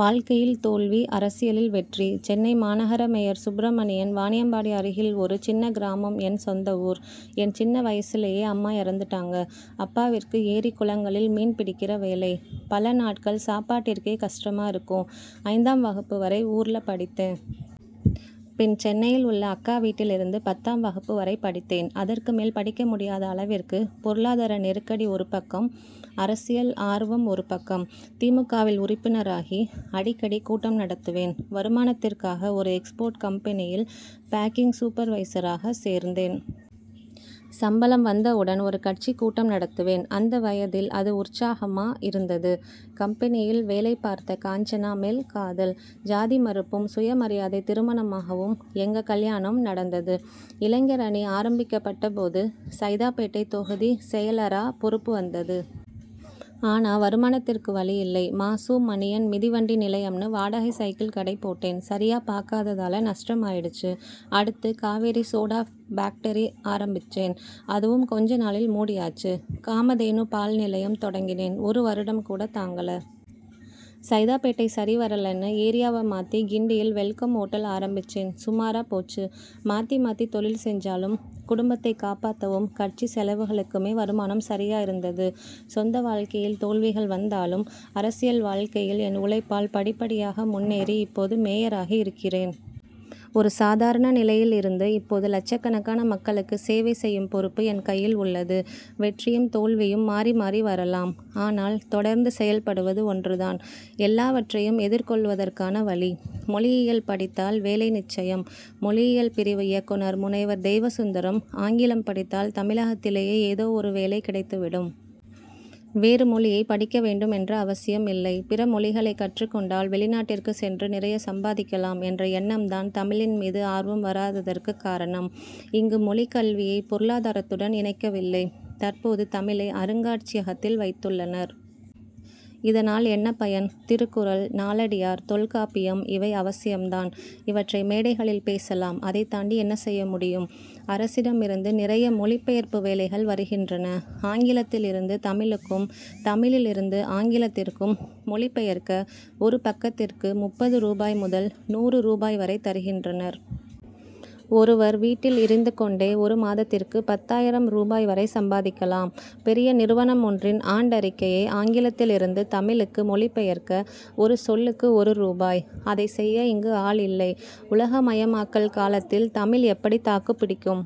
வாழ்க்கையில் தோல்வி அரசியலில் வெற்றி! சென்னை மாநகர மேயர் சுப்ரமணியன் வாணியம்பாடி அருகில் ஒரு சின்னக் கிராமம் என் சொந்த ஊர். என் சின்ன வயசுலேயே அம்மா இறந்துட்டாங்க. அப்பாவிற்கு ஏரி குளங்களில் மீன் பிடிக்கிற வேலை. பல நாட்கள் சாப்பாட்டிற்கே கஷ்டமா இருக்கும். ஐந்தாம் வகுப்பு வரை ஊர்ல படித்தேன். பின் சென்னையில் உள்ள அக்கா வீட்டில் இருந்து பத்தாம் வகுப்பு வரை படித்தேன். அதற்கு மேல் படிக்க முடியாத அளவிற்கு பொருளாதார நெருக்கடி ஒரு பக்கம் அரசியல் ஆர்வம் ஒரு பக்கம். தி. மு. க.வில் உறுப்பினராகி அடிக்கடி கூட்டம் நடத்துவேன். வருமானத்திற்காக ஒரு எக்ஸ்போர்ட் கம்பெனியில் பேக்கிங் சூப்பர்வைசரா சேர்ந்தேன். சம்பளம் வந்த உடன் ஒரு கட்சிக் கூட்டம் நடத்துவேன். அந்த வயதில் அது உற்சாகமா இருந்தது. கம்பெனியில் வேலை பார்த்த காஞ்சனா மேல் காதல். ஜாதி மறுப்பும் சுய மரியாதை திருமணமாகவும் எங்க கல்யாணம் நடந்தது. இளைஞர் அணி ஆரம்பிக்கப்பட்டபோது சைதாப்பேட்டை தொகுதிச் செயலரா பொறுப்பு வந்தது. ஆனா வருமானத்திற்கு வழி இல்லை. மா. சு. மணியன் மிதிவண்டி நிலையம்ன்னு வாடகை சைக்கிள் கடை போட்டேன் சரியா பார்க்காததால நஷ்டம் ஆயிடுச்சு. அடுத்து காவேரி சோடா பேக்டரி ஆரம்பிச்சேன். அதுவும் கொஞ்ச நாளில் மூடியாச்சு. காமதேனு பால் நிலையம் தொடங் கினேன் ஒரு வருடம் கூடத் தாங்கல. சைதாப்பேட்டை சரிவரலைன்னு ஏரியாவை மாத்தி கிண்டியில் வெல்கம் ஓட்டல் ஆரம்பிச்சேன் சுமாராப் போச்சு. மாத்தி மாத்தி தொழில் செஞ்சாலும் குடும்பத்தைக் காப்பாத்தவும் கட்சி செலவுகளுக்குமே வருமானம் சரியா இருந்தது. சொந்த வாழ்க்கையில் தோல்விகள் வந்தாலும் அரசியல் வாழ்க்கையில் என் உழைப்பால் படிப்படியாக முன்னேறி இப்போது மேயராகி இருக்கிறேன். ஒரு சாதாரண நிலையில் இருந்து இப்போது லட்சக்கணக்கான மக்களுக்குச் சேவை செய்யும் பொறுப்பு என் கையில் உள்ளது. வெற்றியும் தோல்வியும் மாறி மாறி வரலாம். ஆனால் தொடர்ந்து செயல்படுவது ஒன்று தான் எல்லாவற்றையும் எதிர்கொள்வதற்கான வழி. மொழியியல் படித்தால் வேலை நிச்சயம்' மொழியியல் பிரிவு இயக்குனர் முனைவர் தெய்வசுந்தரம் ஆங்கிலம் படித்தால் தமிழகத்திலேயே ஏதோ ஒரு வேலை கிடைத்து விடும். வேறு மொழி யை படிக்க வேண்டும் என்ற அவசியம் இல்லை. பிற மொழிகளைக் கற்றுக் கொண்டால் வெளிநாட்டிற்குச் சென்று நிறைய சம்பாதிக்கலாம் என்ற எண்ணம் தான் தமிழின் மீது ஆர்வம் வராததற்கு காரணம். இங்கு மொழிக் கல்வியை பொருளாதாரத்துடன் இணைக்கவில்லை. தற்போது தமிழை அருங்காட்சியகத்தில் வைத்துள்ளனர். இதனால் என்ன பயன்? திருக்குறள் நாலடியார் தொல்காப்பியம் இவை அவசியம் தான். இவற்றை மேடைகளில் பேசலாம் அதைத் தாண்டி என்ன செய்ய முடியும். அரசிடம் இருந்து நிறைய மொழி பெயர்ப்பு வேலைகள் வருகின்றன. ஆங்கிலத்தில் இருந்து தமிழுக்கும் தமிழில் இருந்து ஆங்கிலத்திற்கும் மொழிபெயர்க்க ஒரு பக்கத்திற்கு முப்பது ரூபாய் முதல் நூறு ரூபாய் வரை தருகின்றனர். ஒருவர் வீட்டில் இருந்து கொண்டே ஒரு மாதத்திற்கு பத்தாயிரம் ரூபாய் வரை சம்பாதிக்கலாம். பெரிய நிறுவனம் ஒன்றின் ஆண்டறிக்கையை ஆங்கிலத்தில் இருந்து தமிழுக்கு மொழி பெயர்க்க ஒரு சொல்லுக்கு ஒரு ரூபாய். அதை செய்ய இங்கு ஆள் இல்லை. உலகமயமாக்கல் காலத்தில் தமிழ் எப்படி தாக்குப் பிடிக்கும்?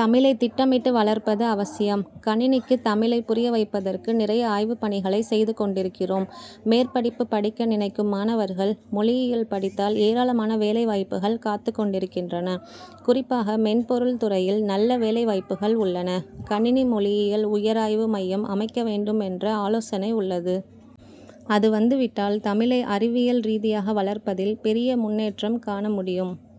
தமிழை திட்டமிட்டு வளர்ப்பது அவசியம். கணினிக்கு தமிழைப் புரிய வைப்பதற்கு நிறைய ஆய்வுப் பணிகளைச் செய்து கொண்டிருக்கிறோம். மேற்படிப்பு படிக்க நினைக்கும் மாணவர்கள் மொழியியல் படித்தால் ஏராளமான வேலைவாய்ப்புகள் காத்துக் கொண்டிருக்கின்றன. குறிப்பாக மென்பொருள் துறையில் நல்ல வேலைவாய்ப்புகள் உள்ளன. கணினி மொழியியல் உயராய்வு மையம் அமைக்க வேண்டும் என்ற ஆலோசனை உள் ளது. அது வந்துவிட்டால் தமிழை அறிவியல் ரீதியாக வளர்ப்பதில் பெரிய முன்னேற்றம் காண முடியும்.